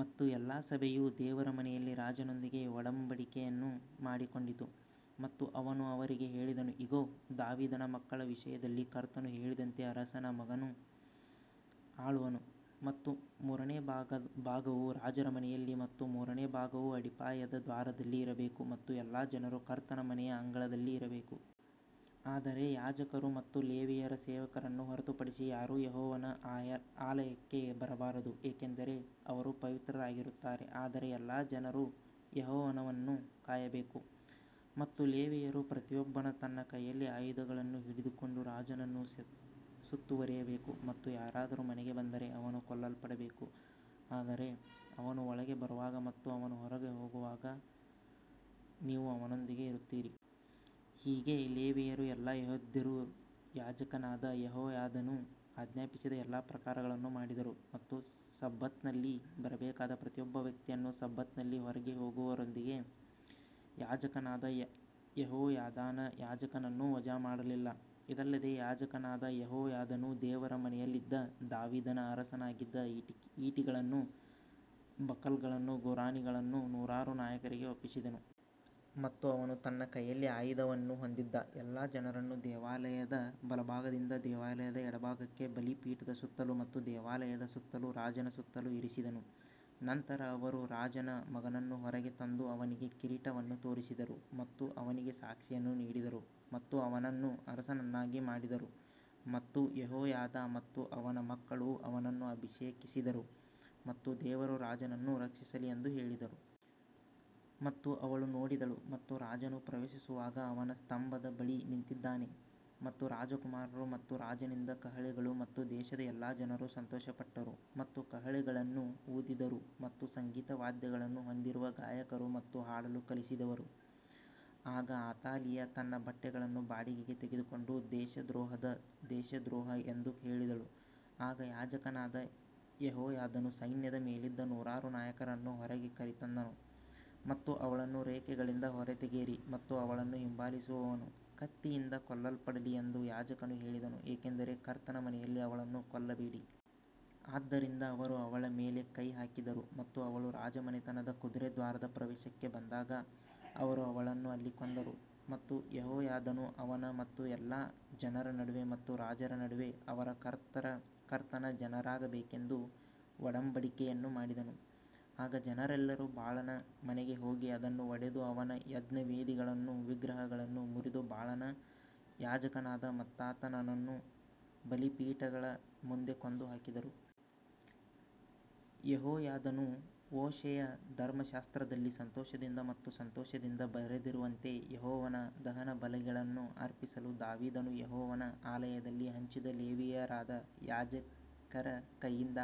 ಮತ್ತು ಎಲ್ಲಾ ಸಭೆಯು ದೇವರ ಮನೆಯಲ್ಲಿ ರಾಜನೊಂದಿಗೆ ಒಡಂಬಡಿಕೆಯನ್ನು ಮಾಡಿಕೊಂಡಿತು ಮತ್ತು ಅವನು ಅವರಿಗೆ ಹೇಳಿದನು, ಇಗೋ, ದಾವೀದನ ಮಕ್ಕಳ ವಿಷಯದಲ್ಲಿ ಕರ್ತನು ಹೇಳಿದಂತೆ ಅರಸನ ಮಗನು ಆಳುವನು. ಮತ್ತು ಮೂರನೇ ಭಾಗವು ರಾಜರ ಮನೆಯಲ್ಲಿ ಮತ್ತು ಮೂರನೇ ಭಾಗವು ಅಡಿಪಾಯದ ದ್ವಾರದಲ್ಲಿ ಇರಬೇಕು ಮತ್ತು ಎಲ್ಲಾ ಜನರು ಕರ್ತನ ಮನೆಯ ಅಂಗಳದಲ್ಲಿ ಇರಬೇಕು. ಆದರೆ ಯಾಜಕರು ಮತ್ತು ಲೇವಿಯರ ಸೇವಕರನ್ನು ಹೊರತುಪಡಿಸಿ ಯಾರೂ ಯೆಹೋವನ ಆಲಯಕ್ಕೆ ಬರಬಾರದು, ಏಕೆಂದರೆ ಅವರು ಪವಿತ್ರರಾಗಿರುತ್ತಾರೆ ಆದರೆ ಎಲ್ಲಾ ಜನರು ಯೆಹೋವನನ್ನು ಕಾಯಬೇಕು. ಮತ್ತು ಲೇವಿಯರು ಪ್ರತಿಯೊಬ್ಬನು ತನ್ನ ಕೈಯಲ್ಲಿ ಆಯುಧಗಳನ್ನು ಹಿಡಿದುಕೊಂಡು ರಾಜನನ್ನು ಸುತ್ತುವರಿಯಬೇಕು ಮತ್ತು ಯಾರಾದರೂ ಮನೆಗೆ ಬಂದರೆ ಅವನು ಕೊಲ್ಲಲ್ಪಡಬೇಕು ಆದರೆ ಅವನು ಒಳಗೆ ಬರುವಾಗ ಮತ್ತು ಅವನು ಹೋಗುವಾಗ ನೀವು ಅವನೊಂದಿಗೆ ಇರುತ್ತೀರಿ. ಹೀಗೆ ಲೇವಿಯರೂ ಎಲ್ಲಾ ಯೆಹೂದ್ಯರೂ ಯಾಜಕನಾದ ಯೆಹೋಯಾದನು ಆಜ್ಞಾಪಿಸಿದ ಎಲ್ಲಾ ಪ್ರಕಾರಗಳನ್ನು ಮಾಡಿದರು ಮತ್ತು ಸಬ್ಬತ್ನಲ್ಲಿ ಬರಬೇಕಾದ ಪ್ರತಿಯೊಬ್ಬ ವ್ಯಕ್ತಿಯನ್ನು ಸಬ್ಬತ್ನಲ್ಲಿ ಹೊರಗೆ ಹೋಗುವವರೊಂದಿಗೆ ಯಾಜಕನಾದ ಯೆಹೋಯಾದಾನ ಯಾಜಕನನ್ನು ವಜಾಮಾಡಲಿಲ್ಲ. ಇದಲ್ಲದೆ ಯಾಜಕನಾದ ಯೆಹೋಯಾದನು ದೇವರ ಮನೆಯಲ್ಲಿದ್ದ ದಾವೀದನ ಅರಸನಾಗಿದ್ದ ಈಟಿಗಳನ್ನೂ ಬಕಲ್ಗಳನ್ನೂ ಗುರಾಣಿಗಳನ್ನೂ ನೂರಾರು ನಾಯಕರಿಗೆ ಒಪ್ಪಿಸಿದನು. ಮತ್ತು ಅವನು ತನ್ನ ಕೈಯಲ್ಲಿ ಆಯುಧವನ್ನು ಹೊಂದಿದ್ದ ಎಲ್ಲಾ ಜನರನ್ನು ದೇವಾಲಯದ ಬಲಭಾಗದಿಂದ ದೇವಾಲಯದ ಎಡಭಾಗಕ್ಕೆ ಬಲಿಪೀಠದ ಸುತ್ತಲೂ ಮತ್ತು ದೇವಾಲಯದ ಸುತ್ತಲೂ ರಾಜನ ಸುತ್ತಲೂ ಇರಿಸಿದನು. ನಂತರ ಅವರು ರಾಜರ ಮಗನನ್ನು ಹೊರಗೆ ತಂದು ಅವನಿಗೆ ಕಿರೀಟವನ್ನು ತೊಡಿಸಿದರು ಮತ್ತು ಅವನಿಗೆ ಸಾಕ್ಷಿಯನ್ನು ನೀಡಿದರು ಮತ್ತು ಅವನನ್ನು ಅರಸನನ್ನಾಗಿ ಮಾಡಿದರು ಮತ್ತು ಯೆಹೋಯಾದಾ ಮತ್ತು ಅವನ ಮಕ್ಕಳು ಅವನನ್ನು ಅಭಿಷೇಕಿಸಿದರು ಮತ್ತು ದೇವರು ರಾಜನನ್ನು ರಕ್ಷಿಸಲಿ ಎಂದು ಹೇಳಿದರು. ಮತ್ತು ಅವಳು ನೋಡಿದಳು ಮತ್ತು ರಾಜನು ಪ್ರವೇಶಿಸುವಾಗ ಅವನ ಸ್ತಂಭದ ಬಳಿ ನಿಂತಿದ್ದಾನೆ ಮತ್ತು ರಾಜಕುಮಾರರು ಮತ್ತು ರಾಜನಿಂದ ಕಹಳೆಗಳು ಮತ್ತು ದೇಶದ ಎಲ್ಲಾ ಜನರು ಸಂತೋಷಪಟ್ಟರು ಮತ್ತು ಕಹಳೆಗಳನ್ನು ಊದಿದರು ಮತ್ತು ಸಂಗೀತ ವಾದ್ಯಗಳನ್ನು ಹೊಂದಿರುವ ಗಾಯಕರು ಮತ್ತು ಹಾಡಲು ಕಲಿಸಿದವರು. ಆಗ ಅತಾಲಿಯಾ ತನ್ನ ಬಟ್ಟೆಗಳನ್ನು ಬಾಡಿಗೆಗೆ ತೆಗೆದುಕೊಂಡು ದೇಶದ್ರೋಹದ ದೇಶದ್ರೋಹ ಎಂದು ಹೇಳಿದಳು ಆಗ ಯಾಜಕನಾದ ಯೆಹೋಯಾದನು ಸೈನ್ಯದ ಮೇಲಿದ್ದ ನೂರಾರು ನಾಯಕರನ್ನು ಹೊರಗೆ ಕರೆತಂದನು ಮತ್ತು ಅವಳನ್ನು ರೇಖೆಗಳಿಂದ ಹೊರತೆಗೆಯಿರಿ ಮತ್ತು ಅವಳನ್ನು ಹಿಂಬಾಲಿಸುವವನು ಕತ್ತಿಯಿಂದ ಕೊಲ್ಲಲ್ಪಡಲಿ ಎಂದು ಯಾಜಕನು ಹೇಳಿದನು ಏಕೆಂದರೆ ಕರ್ತನ ಮನೆಯಲ್ಲಿ ಅವಳನ್ನು ಕೊಲ್ಲಬೇಡಿ. ಆದ್ದರಿಂದ ಅವರು ಅವಳ ಮೇಲೆ ಕೈ ಹಾಕಿದರು ಮತ್ತು ಅವಳು ರಾಜಮನೆತನದ ಕುದುರೆ ದ್ವಾರದ ಪ್ರವೇಶಕ್ಕೆ ಬಂದಾಗ ಅವರು ಅವಳನ್ನು ಅಲ್ಲಿ ಕೊಂದರು. ಮತ್ತು ಯೆಹೋಯಾದನು ಅವನ ಮತ್ತು ಎಲ್ಲಾ ಜನರ ನಡುವೆ ಮತ್ತು ರಾಜನ ನಡುವೆ ಅವರು ಕರ್ತನ ಜನರಾಗಬೇಕೆಂದು ಒಡಂಬಡಿಕೆಯನ್ನು ಮಾಡಿದನು. ಆಗ ಜನರೆಲ್ಲರೂ ಬಾಳನ ಮನೆಗೆ ಹೋಗಿ ಅದನ್ನು ಒಡೆದು ಅವನ ಯಜ್ಞವೇದಿಗಳನ್ನೂ ವಿಗ್ರಹಗಳನ್ನೂ ಮುರಿದು ಬಾಳನ ಯಾಜಕನಾದ ಮತ್ತಾನನನ್ನು ಬಲಿಪೀಠಗಳ ಮುಂದೆ ಕೊಂದು ಹಾಕಿದರು. ಯೆಹೋಯಾದನು ಮೋಶೆಯ ಧರ್ಮಶಾಸ್ತ್ರದಲ್ಲಿ ಸಂತೋಷದಿಂದ ಮತ್ತು ಸಂತೋಷದಿಂದ ಬರೆದಿರುವಂತೆ ಯೆಹೋವನ ದಹನಬಲಿಗಳನ್ನು ಅರ್ಪಿಸಲು ದಾವೀದನು ಯೆಹೋವನ ಆಲಯದಲ್ಲಿ ಹಂಚಿದ ಲೇವಿಯರಾದ ಯಾಜಕರ ಕೈಯಿಂದ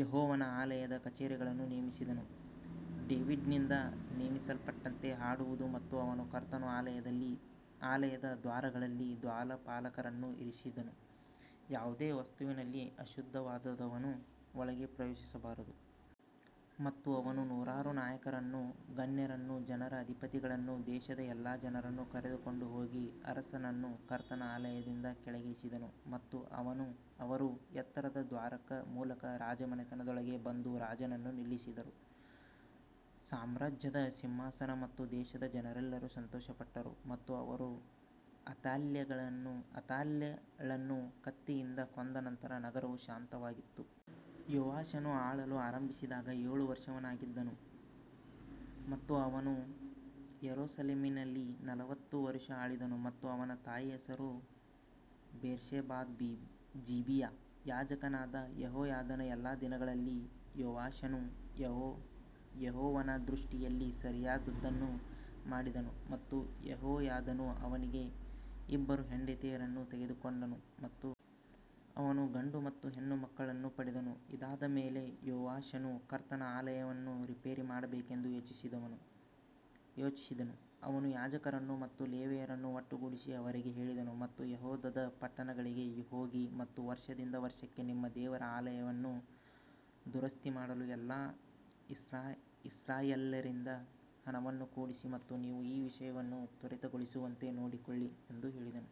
ಯೆಹೋವನ ಆಲಯದ ಕಚೇರಿಗಳನ್ನು ನೇಮಿಸಿದನು. ಡೇವಿಡ್ನಿಂದ ನೇಮಿಸಲ್ಪಟ್ಟಂತೆ ಹಾಡುವುದು ಮತ್ತು ಅವನು ಕರ್ತನ ಆಲಯದ ದ್ವಾರಗಳಲ್ಲಿ ದ್ವಾರಪಾಲಕರನ್ನು ಇರಿಸಿದನು, ಯಾವುದೇ ವಸ್ತುವಿನಲ್ಲಿ ಅಶುದ್ಧವಾದವನು ಒಳಗೆ ಪ್ರವೇಶಿಸಬಾರದು. ಮತ್ತು ಅವನು ನೂರಾರು ನಾಯಕರನ್ನೂ, ಗಣ್ಯರನ್ನೂ, ಜನರ ಅಧಿಪತಿಗಳನ್ನೂ, ದೇಶದ ಎಲ್ಲಾ ಜನರನ್ನು ಕರೆದುಕೊಂಡು ಹೋಗಿ ಅರಸನನ್ನು ಕರ್ತನ ಆಲಯದಿಂದ ಕೆಳಗಿಳಿಸಿದನು ಮತ್ತು ಅವರು ಎತ್ತರದ ದ್ವಾರದ ಮೂಲಕ ರಾಜಮನೆತನದೊಳಗೆ ಬಂದು ರಾಜನನ್ನು ನಿಲ್ಲಿಸಿದರು. ಸಾಮ್ರಾಜ್ಯದ ಸಿಂಹಾಸನ ಮತ್ತು ದೇಶದ ಜನರೆಲ್ಲರೂ ಸಂತೋಷಪಟ್ಟರು ಮತ್ತು ಅವರು ಅಥಾಲ್ಯಳನ್ನು ಕತ್ತಿಯಿಂದ ಕೊಂದ ನಂತರ ನಗರವು ಶಾಂತವಾಗಿತ್ತು. ಯೋವಾಷನು ಆಳಲು ಆರಂಭಿಸಿದಾಗ ಏಳು ವರ್ಷದವನಾಗಿದ್ದನು ಮತ್ತು ಅವನು ಯೆರೂಸಲೇಮಿನಲ್ಲಿ ನಲವತ್ತು ವರುಷ ಆಳಿದನು ಮತ್ತು ಅವನ ತಾಯಿಯ ಹೆಸರು ಬೇರ್ಷೆಬಾದ ಜಿಬಿಯಾ. ಯಾಜಕನಾದ ಯೆಹೋಯಾದನ ಎಲ್ಲಾ ದಿನಗಳಲ್ಲಿ ಯೋವಾಷನು ಯೆಹೋವನ ದೃಷ್ಟಿಯಲ್ಲಿ ಸರಿಯಾದದ್ದನ್ನು ಮಾಡಿದನು. ಮತ್ತು ಯೆಹೋಯಾದನು ಅವನಿಗೆ ಇಬ್ಬರು ಹೆಂಡತಿಯರನ್ನು ತೆಗೆದುಕೊಂಡನು ಮತ್ತು ಅವನು ಗಂಡು ಮತ್ತು ಹೆಣ್ಣು ಮಕ್ಕಳನ್ನು ಪಡೆದನು ಇದಾದ ಮೇಲೆ ಯೋವಾಷನು ಕರ್ತನ ಆಲಯವನ್ನು ರಿಪೇರಿ ಮಾಡಬೇಕೆಂದು ಯೋಚಿಸಿದನು ಅವನು ಯಾಜಕರನ್ನು ಮತ್ತು ಲೇವಿಯರನ್ನು ಒಟ್ಟುಗೂಡಿಸಿ ಅವರಿಗೆ ಹೇಳಿದನು ಮತ್ತು ಯೆಹೂದದ ಪಟ್ಟಣಗಳಿಗೆ ಹೋಗಿ ಮತ್ತು ವರ್ಷದಿಂದ ವರ್ಷಕ್ಕೆ ನಿಮ್ಮ ದೇವರ ಆಲಯವನ್ನು ದುರಸ್ತಿ ಮಾಡಲು ಎಲ್ಲಾ ಇಸ್ರಾಯೇಲ್ಯರಿಂದ ಹಣವನ್ನು ಕೂಡಿಸಿ ಮತ್ತು ನೀವು ಈ ವಿಷಯವನ್ನು ತ್ವರೆಗೊಳಿಸುವಂತೆ ನೋಡಿಕೊಳ್ಳಿ ಎಂದು ಹೇಳಿದನು.